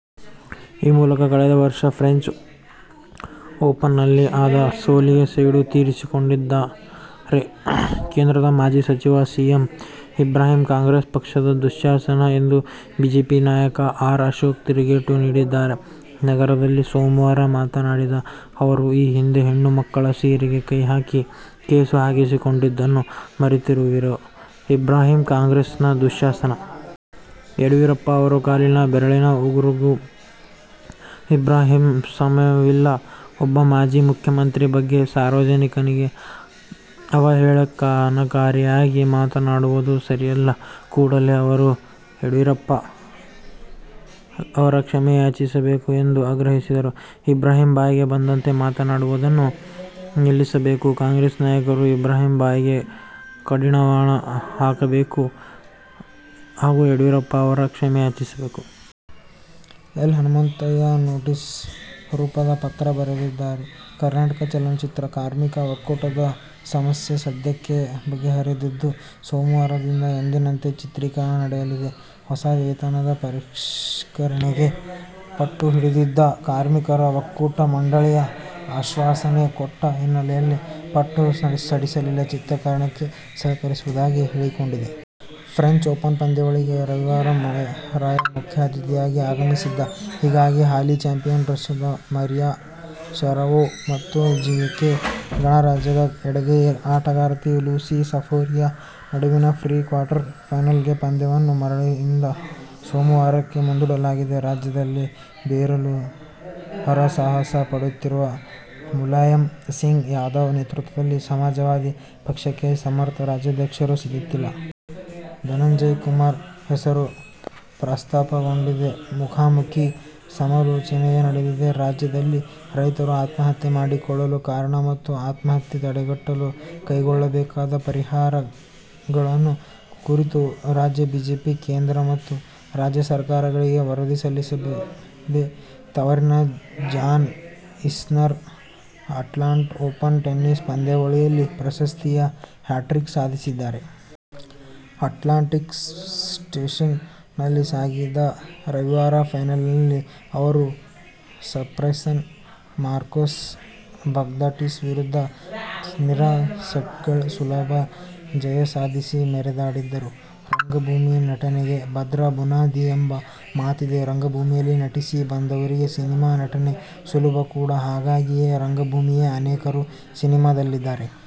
ಈ ಮೂಲಕ ಕಳೆದ ವರ್ಷದ ಫ್ರೆಂಚ್ ಓಪನ್ನಲ್ಲಿ ಆದ ಸೋಲಿಗೆ ಸೇಡು ತೀರಿಸಿಕೊಂಡಿದ್ದಾರೆ. ಕೇಂದ್ರದ ಮಾಜಿ ಸಚಿವ ಸಿ. ಎಂ. ಇಬ್ರಾಹಿಂ ಕಾಂಗ್ರೆಸ್ ಪಕ್ಷದ ದುಶ್ಯಾಸನ ಎಂದು ಬಿಜೆಪಿ ನಾಯಕ ಆರ್. ಅಶೋಕ್ ತಿರುಗೇಟು ನೀಡಿದ್ದಾರೆ. ನಗರದಲ್ಲಿ ಸೋಮವಾರ ಮಾತನಾಡಿದ ಅವರು, ಈ ಹಿಂದೆ ಹೆಣ್ಣು ಮಕ್ಕಳ ಸೀರೆಗೆ ಕೈ ಹಾಕಿ, ಕೇಸು ಹಾಕಿಸಿಕೊಂಡಿದ್ದನ್ನು ಮರೆತಿರುವ ಇಬ್ರಾಹಿಂ ಕಾಂಗ್ರೆಸ್ನ ದುಶ್ಯಾಸನ. ಯಡಿಯೂರಪ್ಪ ಅವರ ಕಾಲಿನ ಬೆರಳಿನ ಉಗುರಿಗೂ ಇಬ್ರಾಹಿಂ ಸಮವಿಲ್ಲ. ಒಬ್ಬ ಮಾಜಿ ಮುಖ್ಯಮಂತ್ರಿ ಬಗ್ಗೆ ಸಾರ್ವಜನಿಕವಾಗಿ ಅವಹೇಳನಕಾರಿಯಾಗಿ ಮಾತನಾಡುವುದು ಸರಿಯಲ್ಲ. ಕೂಡಲೇ ಅವರು ಯಡಿಯೂರಪ್ಪ ಅವರ ಕ್ಷಮೆ ಯಾಚಿಸಬೇಕು ಎಂದು ಆಗ್ರಹಿಸಿದರು. ಇಬ್ರಾಹಿಂ ಬಾಯಿಗೆ ಬಂದಂತೆ ಮಾತನಾಡುವುದನ್ನು ನಿಲ್ಲಿಸಬೇಕು. ಕಾಂಗ್ರೆಸ್ ನಾಯಕರು ಇಬ್ರಾಹಿಂ ಬಾಯಿಗೆ ಕಡಿವಾಣ ಹಾಕಬೇಕು ಹಾಗೂ ಯಡಿಯೂರಪ್ಪ ಅವರ ಕ್ಷಮೆಯಾಚಿಸಬೇಕು. ಎಲ್. ಹನುಮಂತಯ್ಯ ನೋಟಿಸ್ ರೂಪದ ಪತ್ರ ಬರೆದಿದ್ದಾರೆ. ಕರ್ನಾಟಕ ಚಲನಚಿತ್ರ ಕಾರ್ಮಿಕರ ಒಕ್ಕೂಟದ ಸಮಸ್ಯೆ ಸದ್ಯಕ್ಕೆ ಬಗೆಹರಿದಿದ್ದು, ಸೋಮವಾರದಿಂದ ಎಂದಿನಂತೆ ಚಿತ್ರೀಕರಣ ನಡೆಯಲಿದೆ. ಹೊಸ ವೇತನ ಪರಿಷ್ಕರಣೆಗೆ ಪಟ್ಟು ಹಿಡಿದಿದ್ದ ಕಾರ್ಮಿಕರ ಒಕ್ಕೂಟಕ್ಕೆ ಮಂಡಳಿಯು ಆಶ್ವಾಸನೆ ಕೊಟ್ಟ ಹಿನ್ನೆಲೆಯಲ್ಲಿ, ಪಟ್ಟು ಸಡಿಲಿಸಿ ಚಿತ್ರೀಕರಣಕ್ಕೆ ಸಹಕರಿಸುವುದಾಗಿ ಹೇಳಿಕೊಂಡಿದೆ. ಫ್ರೆಂಚ್ ಓಪನ್ ಪಂದ್ಯಾವಳಿಗೆ ರವಿವಾರ ಮಳೆರಾಯ ಮುಖ್ಯ ಅತಿಥಿಯಾಗಿ ಆಗಮಿಸಿದ್ದಾನೆ. ಹೀಗಾಗಿ ಹಾಲಿ ಚಾಂಪಿಯನ್ ರಶ್ಯದ ಮರಿಯಾ ಶರಪೋವಾ ಮತ್ತು ಜೆಕ್ ಗಣರಾಜ್ಯದ ಎಡಗೈ ಆಟಗಾರ್ತಿ ಲೂಸಿ ಸಫರೋವಾ ನಡುವಿನ ಪ್ರೀ-ಕ್ವಾರ್ಟರ್ ಫೈನಲ್ ಪಂದ್ಯವನ್ನು ಮಳೆಯಿಂದ ಸೋಮವಾರಕ್ಕೆ ಮುಂದೂಡಲಾಗಿದೆ. ರಾಜ್ಯದಲ್ಲಿ ಬೇರೂರಲು ಹರಸಾಹಸ ಪಡುತ್ತಿರುವ ಮುಲಾಯಂ ಸಿಂಗ್ ಯಾದವ್ ನೇತೃತ್ವದ ಸಮಾಜವಾದಿ ಪಕ್ಷಕ್ಕೆ ಸಮರ್ಥ ರಾಜ್ಯಾಧ್ಯಕ್ಷರು ಸಿಗುತ್ತಿಲ್ಲ. ಧನಂಜಯಕುಮಾರ್ ಹೆಸರು ಪ್ರಸ್ತಾಪಗೊಂಡಿದೆ. ಮುಖಾಮುಖೀ ಸಮಾಲೋಚನೆಯೂ ನಡೆದಿದೆ. ರಾಜ್ಯದಲ್ಲಿ ರೈತರು ಆತ್ಮಹತ್ಯೆ ಮಾಡಿಕೊಳ್ಳಲು ಕಾರಣ ಮತ್ತು ಆತ್ಮಹತ್ಯೆ ತಡೆಗಟ್ಟಲು ಕೈಗೊಳ್ಳಬೇಕಾದ ಪರಿಹಾರೋಪಾಯಗಳ ಕುರಿತು ರಾಜ್ಯ ಬಿಜೆಪಿ ಕೇಂದ್ರ ಮತ್ತು ರಾಜ್ಯ ಸರ್ಕಾರಗಳಿಗೆ ವರದಿ ಸಲ್ಲಿಸಲಿದೆ. ತವರಿನ John Isner Atlanta Open tennis ಪಂದ್ಯಾವಳಿಯಲ್ಲಿ ಪ್ರಶಸ್ತಿಯ ಹ್ಯಾಟ್ರಿಕ್ ಸಾಧಿಸಿದ್ದಾರೆ. "ಅಟ್ಲಾಂಟಿಕ್ ಸ್ಟೇಷನ್'ನಲ್ಲಿ ಸಾಗಿದ ರವಿವಾರದ ಫೈನಲ್ನಲ್ಲಿ ಅವರು ಸೈಪ್ರಸ್ನ ಮಾರ್ಕೋಸ್ ಬಗ್ಧಾಟಿಸ್ ವಿರುದ್ಧ, ನೇರ ಸೆಟ್ಗಳ ಸುಲಭ ಜಯ ಸಾಧಿಸಿ ಮೆರೆದಾಡಿದರು. ರಂಗಭೂಮಿ ನಟನೆಗೆ ಭದ್ರ ಬುನಾದಿ ಎಂಬ ಮಾತಿದೆ. ರಂಗಭೂಮಿಯಲ್ಲಿ ನಟಿಸಿ ಬಂದವರಿಗೆ ಸಿನಿಮಾ ನಟನೆ ಸುಲಭ ಕೂಡಾ. ಹಾಗಾಗಿಯೇ ರಂಗಭೂಮಿಯ ಅನೇಕರು ಸಿನಿಮಾದಲ್ಲಿದ್ದಾರೆ.